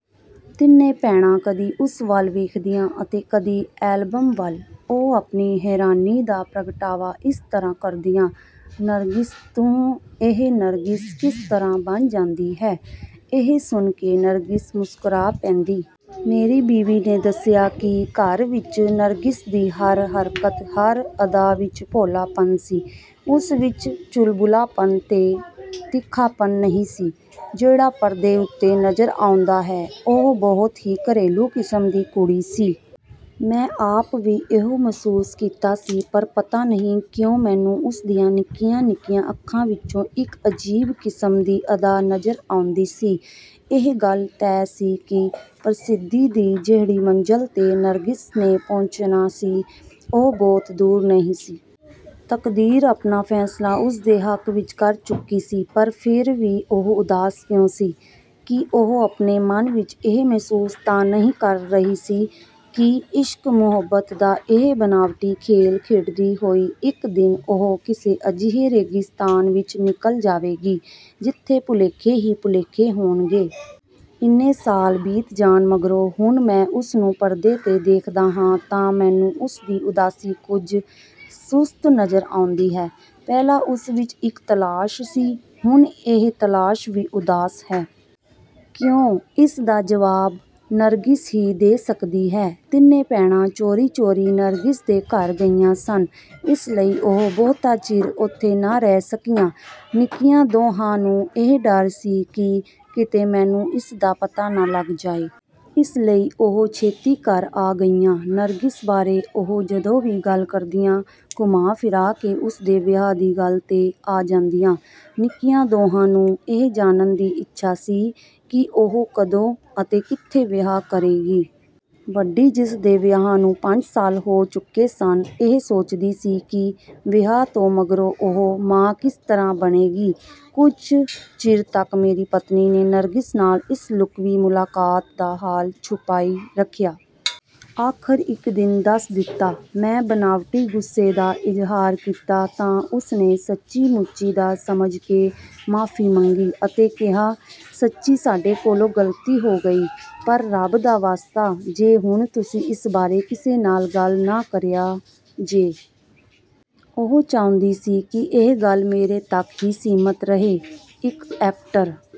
ਤਿੰਨੇ ਭੈਣਾਂ ਕਦੀ ਉਸ ਵੱਲ ਵੇਖਦੀਆਂ ਅਤੇ ਕਦੀ ਐਲਬਮ ਵੱਲ। ਉਹ ਆਪਣੀ ਹੈਰਾਨੀ ਦਾ ਪ੍ਰਗਟਾਵਾ ਇਸ ਤਰ੍ਹਾਂ ਕਰਦੀਆਂ "ਨਰਗਿਸ ਤੂੰ ਇਹ ਨਰਗਿਸ ਕਿਸ ਤਰ੍ਹਾਂ ਬਣ ਜਾਂਦੀ ਹੈ?" ਇਹ ਸੁਣ ਕੇ ਨਰਗਿਸ ਮੁਸਕਰਾ ਪੈਂਦੀ। ਮੇਰੀ ਬੀਵੀ ਨੇ ਦੱਸਿਆ ਕਿ ਘਰ ਵਿੱਚ ਨਰਗਿਸ ਦੀ ਹਰ ਹਰਕਤ ਹਰ ਅਦਾ ਵਿੱਚ ਭੋਲਾਪਨ ਸੀ। ਉਸ ਵਿੱਚ ਚੁਲਬੁਲਾਪਨ ਤੇ ਤਿੱਖਾਪਣ ਨਹੀਂ ਸੀ ਜਿਹੜਾ ਪਰਦੇ ਉੱਤੇ ਨਜ਼ਰ ਆਉਂਦਾ ਹੈ। ਉਹ ਬਹੁਤ ਹੀ ਘਰੇਲੂ ਕਿਸਮ ਦੀ ਕੁੜੀ ਸੀ। ਮੈਂ ਆਪ ਵੀ ਇਹੋ ਮਹਿਸੂਸ ਕੀਤਾ ਸੀ ਪਰ ਪਤਾ ਨਹੀਂ ਕਿਉਂ ਮੈਨੂੰ ਉਸ ਦੀਆਂ ਨਿੱਕੀਆਂ ਨਿੱਕੀਆਂ ਅੱਖਾਂ ਵਿੱਚੋਂ ਇੱਕ ਅਜੀਬ ਕਿਸਮ ਦੀ ਅਦਾ ਨਜ਼ਰ ਆਉਂਦੀ ਸੀ। ਇਹ ਗੱਲ ਤੈਅ ਸੀ ਕਿ ਪ੍ਰਸਿੱਧੀ ਦੀ ਜਿਹੜੀ ਮੰਜ਼ਲ ਤੇ ਨਰਗਿਸ ਨੇ ਪਹੁੰਚਣਾ ਸੀ ਉਹ ਬਹੁਤ ਦੂਰ ਨਹੀਂ ਸੀ। ਤਕਦੀਰ ਆਪਣਾ ਫੈਸਲਾ ਉਸਦੇ ਹੱਕ ਵਿੱਚ ਕਰ ਚੁੱਕੀ ਸੀ ਪਰ ਫਿਰ ਵੀ ਉਹ ਉਦਾਸ ਕਿਉਂ ਸੀ? ਕੀ ਉਹ ਆਪਣੇ ਮਨ ਵਿੱਚ ਇਹ ਮਹਿਸੂਸ ਤਾਂ ਨਹੀਂ ਕਰ ਰਹੀ ਸੀ ਕਿ ਇਸ਼ਕ-ਮੁਹੱਬਤ ਦਾ ਇਹ ਬਨਾਵਟੀ ਖੇਲ ਖੇਡਦੀ ਹੋਈ ਇੱਕ ਦਿਨ ਉਹ ਕਿਸੇ ਅਜਿਹੇ ਰੇਗਿਸਤਾਨ ਵਿੱਚ ਨਿਕਲ ਜਾਵੇਗੀ ਜਿੱਥੇ ਭੁਲੇਖੇ ਹੀ ਭੁਲੇਖੇ ਹੋਣਗੇ। ਇੰਨੇ ਸਾਲ ਬੀਤ ਜਾਣ ਮਗਰੋਂ ਹੁਣ ਮੈਂ ਉਸ ਨੂੰ ਪਰਦੇ ਤੇ ਦੇਖਦਾ ਹਾਂ ਤਾਂ ਮੈਨੂੰ ਉਸਦੀ ਉਦਾਸੀ ਕੁਝ ਸੁਸਤ ਨਜ਼ਰ ਆਉਂਦੀ ਹੈ। ਪਹਿਲਾਂ ਉਸ ਵਿੱਚ ਇੱਕ ਤਲਾਸ਼ ਸੀ। ਹੁਣ ਇਹ ਤਲਾਸ਼ ਵੀ ਉਦਾਸ ਹੈ। ਕਿਉਂ? ਇਸਦਾ ਜਵਾਬ ਨਰਗਿਸ ਹੀ ਦੇ ਸਕਦੀ ਹੈ। ਤਿੰਨੇ ਭੈਣਾਂ ਚੋਰੀ ਚੋਰੀ ਨਰਗਿਸ ਦੇ ਘਰ ਗਈਆਂ ਸਨ। ਇਸ ਲਈ ਉਹ ਬਹੁਤਾ ਚਿਰ ਉਥੇ ਨਾ ਰਹਿ ਸਕੀਆਂ। ਨਿੱਕੀਆਂ ਦੋਹਾਂ ਨੂੰ ਇਹ ਡਰ ਸੀ ਕਿ ਕਿਤੇ ਮੈਨੂੰ ਇਸ ਦਾ ਪਤਾ ਨਾ ਲੱਗ ਜਾਏ। ਇਸ ਲਈ ਉਹ ਛੇਤੀ ਘਰ ਆ ਗਈਆਂ। ਨਰਗਿਸ ਬਾਰੇ ਉਹ ਜਦੋਂ ਵੀ ਗੱਲ ਕਰਦੀਆਂ ਘੁੰਮਾ ਫਿਰਾ ਕੇ ਉਸ ਦੇ ਵਿਆਹ ਦੀ ਗੱਲ ਤੇ ਆ ਜਾਂਦੀਆਂ। ਨਿੱਕੀਆਂ ਦੋਹਾਂ ਨੂੰ ਇਹ ਜਾਣਨ ਦੀ ਇੱਛਾ ਸੀ ਕਿ ਉਹ ਕਦੋਂ ਅਤੇ ਕਿੱਥੇ ਵਿਆਹ ਕਰੇਗੀ? ਵੱਡੀ ਜਿਸ ਦੇ ਵਿਆਹ ਨੂੰ ਪੰਜ ਸਾਲ ਹੋ ਚੁੱਕੇ ਸਨ ਇਹ ਸੋਚਦੀ ਸੀ ਕਿ ਵਿਆਹ ਤੋਂ ਮਗਰੋਂ ਉਹ ਮਾਂ ਕਿਸ ਤਰ੍ਹਾਂ ਬਣੇਗੀ। ਕੁਝ ਚਿਰ ਤੱਕ ਮੇਰੀ ਪਤਨੀ ਨੇ ਨਰਗਿਸ ਨਾਲ ਇਸ ਲੁਕਵੀਂ ਮੁਲਾਕਾਤ ਦਾ ਹਾਲ ਛੁਪਾਈ ਰੱਖਿਆ। ਆਖਰ ਇੱਕ ਦਿਨ ਦੱਸ ਦਿੱਤਾ। ਮੈਂ ਬਨਾਵਟੀ ਗੁੱਸੇ ਦਾ ਇਜ਼ਹਾਰ ਕੀਤਾ ਤਾਂ ਉਸ ਨੇ ਸੱਚੀ-ਮੁੱਚੀ ਦਾ ਸਮਝ ਕੇ ਮਾਫ਼ੀ ਮੰਗੀ ਅਤੇ ਕਿਹਾ "ਸੱਚੀਂ ਸਾਡੇ ਕੋਲੋਂ ਗਲਤੀ ਹੋ ਗਈ ਪਰ ਰੱਬ ਦਾ ਵਾਸਤਾ ਜੇ ਹੁਣ ਤੁਸੀਂ ਇਸ ਬਾਰੇ ਕਿਸੇ ਨਾਲ ਗੱਲ ਨਾ ਕਰਿਆ ਜੇ।" ਉਹ ਚਾਹੁੰਦੀ ਸੀ ਕਿ ਇਹ ਗੱਲ ਮੇਰੇ ਤੱਕ ਹੀ ਸੀਮਤ ਰਹੇ। ਇੱਕ ਐਕਟਰ